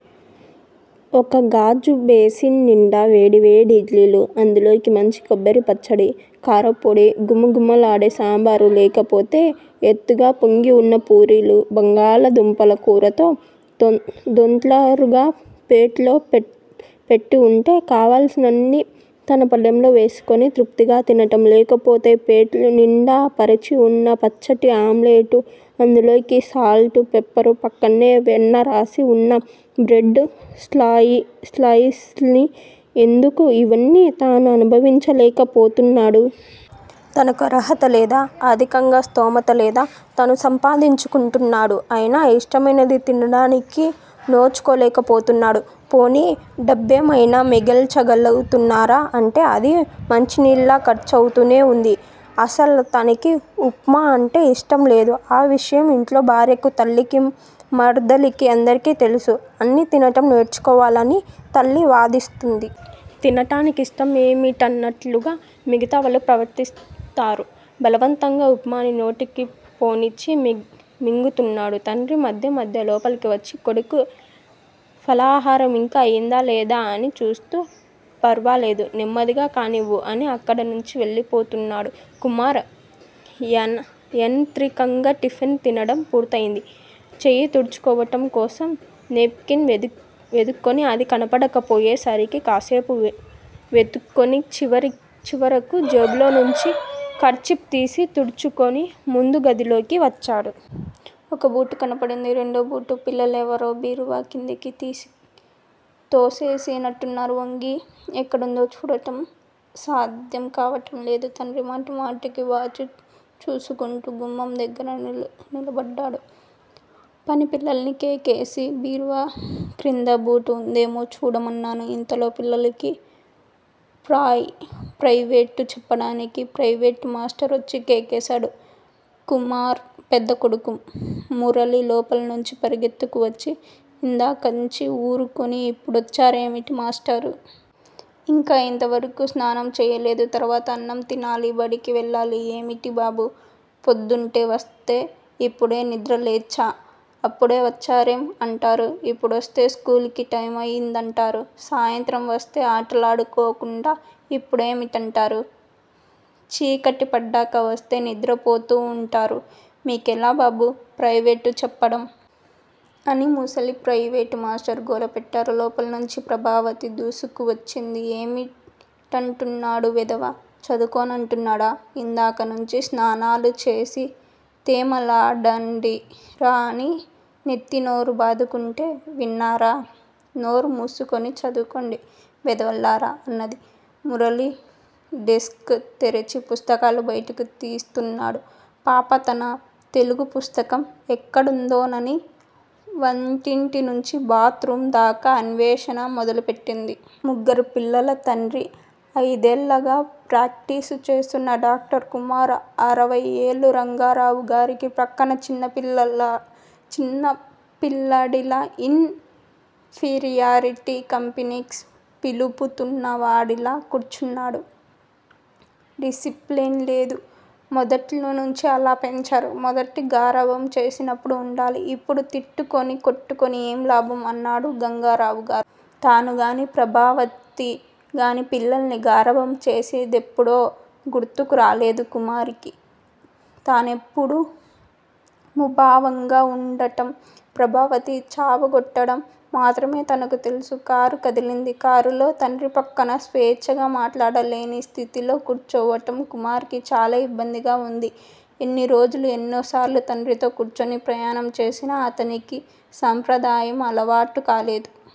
ఒకగాజు basin నిండా వేడివేడి ఇడ్లీలు, అందులోకి మంచి కొబ్బరిపచ్చడి, కారప్పొడి, ఘుమఘుమలాడే సాంబారు లేకపోతే ఎత్తుగా పొంగివున్న పూరీలు, బంగాళాదుంపల కూరతో దొంతర్లుగా ప్లేటులో పెట్టివుంటే కావలసినన్ని తన పళ్ళెంలో వేసుకుని తృప్తిగా తినటం లేకపోతే ప్లేటునిండా పరచివున్న పల్చటి ఆమ్లెట్లు, అందులోకి సాల్టు పెప్పరు ప్రక్కనే వెన్నరాసి వున్న బ్రెడ్ స్లయిసెస్ ఎందుకు ఇవన్నీ తను అనుభవించలేకపోతున్నాడు? తనకు అర్హతలేదా? ఆర్ధికంగా స్తోమతలేదా? తను సంపాదించుకుంటున్నాడు. అయినా ఇష్టమైనది తినడానికి నోచుకోలేకపోతున్నాడు పోనీ డబ్బేమయినా మిగల్చగలుగుతున్నారా అంటే అది మంచినీళ్ళలా ఖర్చవుతూనే వుంది. అసలతానికి ఉప్మా అంటే ఇష్టంలేదు ఆ విషయం ఇంట్లో భార్యకూ తల్లికీ, మరధలికీ అందరికీ తెలుసు. అన్నీ తినటం నేర్చుకోవాలి అని తల్లి వాదిస్తుంది. తినటానికి ఇష్టమేమిటన్నట్లుగా మిగతావాళ్ళు ప్రవర్తిస్తారు. బలవంతంగా ఉప్మాని నోట్లోకి పోనిచ్చి మింగుతున్నాడు. తండ్రి మధ్య మధ్య లోపలికి వచ్చి కొడుకు ఫలహారం ఇంకా అయిందా లేదా అని చూస్తూ ఫర్వాలేదు, నెమ్మదిగా కానియ్యి' అని అక్కడ్నుంచి వెళ్ళిపోతున్నాడు. కుమార్ యనత్రికంగా టిఫిన్ తినడం పూర్తయింది. చెయ్యి తుడుచుకోవటం కోసం నేప్ కిన్ వెదుక్కుని, అది కనబడకపోయే సరికి కాసేపు వెతుక్కుని, చివరకు జేబులోంచి కర్చీఫ్ తీసి తుడుచుకుని ముందుగదిలోకి వచ్చాడు. ఒక బూటు కనబడింది. రెండో బూటు పిల్లలెవరో బీరువాక్రిందికి తోసేసి నట్లున్నారు ఒంగి ఎక్కడుందో చూడటం సాధ్యం కావటంలేదు. తండ్రి మాటిమాటికీ వాచీ చూసుకుంటూ గుమ్మందగ్గర నిలబడ్డాడు. పనిపిల్లని కేకేసి బీరువాక్రింద బూటువుందేమో చూడమన్నాడు. ఇంతలో పిల్లలకి ప్రయివేటు చెప్పడానికి ప్రయివేటు మాష్టారొచ్చి కేకేశాడు. కుమార్ పెద్దకొడుకు మురళి లోపల్నుంచి పరిగెత్తుకువచ్చి 'ఇందాకట్నుంచీ ఊరుకుని, ఇప్పుడొచ్చారేమిటి మాష్టారూ! ఇంకా ఇంతవరకూ స్నానం చేయలేదు, తర్వాత అన్నం తినాలి, బడికి వెళ్ళాలి ఏమిటి బాబూ? ప్రొద్దుటే వస్తే ఇప్పుడే నిద్రలేచాం. అప్పుడే వచ్చారేం? అంటారు. ఇప్పుడొస్తే స్కూలుకు టైమయిందంటారు. సాయంత్రం వస్తే ఆటలాడుకోకుండా ఇప్పుడేమిటంటారు. చీకటిపడ్డాక వస్తే నిద్రపోతూ వుంటారు. మీకెలా బాబూ ప్రయివేటు చెప్పడం? ' అని ముసలి ప్రయివేటు మాష్టారు గోలపెట్టారు. లోపల్నుంచి ప్రభావతి దూసుకువచ్చింది. ఏమిటంటున్నాడు వెధవ? చదువుకోనంటున్నాడా? ఇందాకట్నుంచీ స్నానాలుచేసి తెమలండిరా అని నెత్తీనోరూ బాదుకుంటే విన్నారా? నోరు మూసుకుని చదువుకోండి వెధవల్లారా! అన్నది. మురళి డెస్క్ తెరచి పుస్తకాలు బయటకు తీస్తున్నాడు. పాప తన తెలుగుపుస్తకం ఎక్కడుందోనని వంటింటినుంచి బాత్ రూమ్ దాకా అన్వేషణ మొదలుపెట్టింది. ముగ్గురు పిల్లల తండ్రి. అయిదేళ్ళుగా ప్రాక్టీసు చేస్తున్న డాక్టర్ కుమార్ అరవైఏళ్ల రంగారావుగారి ప్రక్కన చిన్నపిల్లాడిలా ఇన్ ఫీరియారిటీ కాంప్లెక్స్ ఫీలవుతున్నవాడిలా కూర్చున్నాడు. డిసిప్లిన్ లేదు. మొదట్నుంచీ అలా పెంచారు. మొదట గారాబం చేసినప్పుడు ఉండాలి. ఇప్పుడు తిట్టుకుని, కొట్టుకుని ఏం లాభం? అన్నాడు రంగారావుగారు. తానుగానీ, ప్రభావతిగానీ పిల్లల్ని గారాబం చేసిందెప్పుడో గుర్తురాలేదు కుమార్ కి. తనెప్పుడూ ముభావంగా వుండటం, ప్రభావతి చావగొట్టటం మాత్రమే తనకు తెలుసు. కారు కదిలింది. కారులో తండ్రిప్రక్కన స్వేచ్చగా మాట్లాడలేని స్థితిలో కూర్చోవటం కుమార్ కి చాలా ఇబ్బందిగా వుంది. ఎన్నోరోజులు, ఎన్నోసార్లు తండ్రితో కూర్చుని ప్రయాణం చేసినా అతనికి సాంప్రదాయం అలవాటుకాలేదు.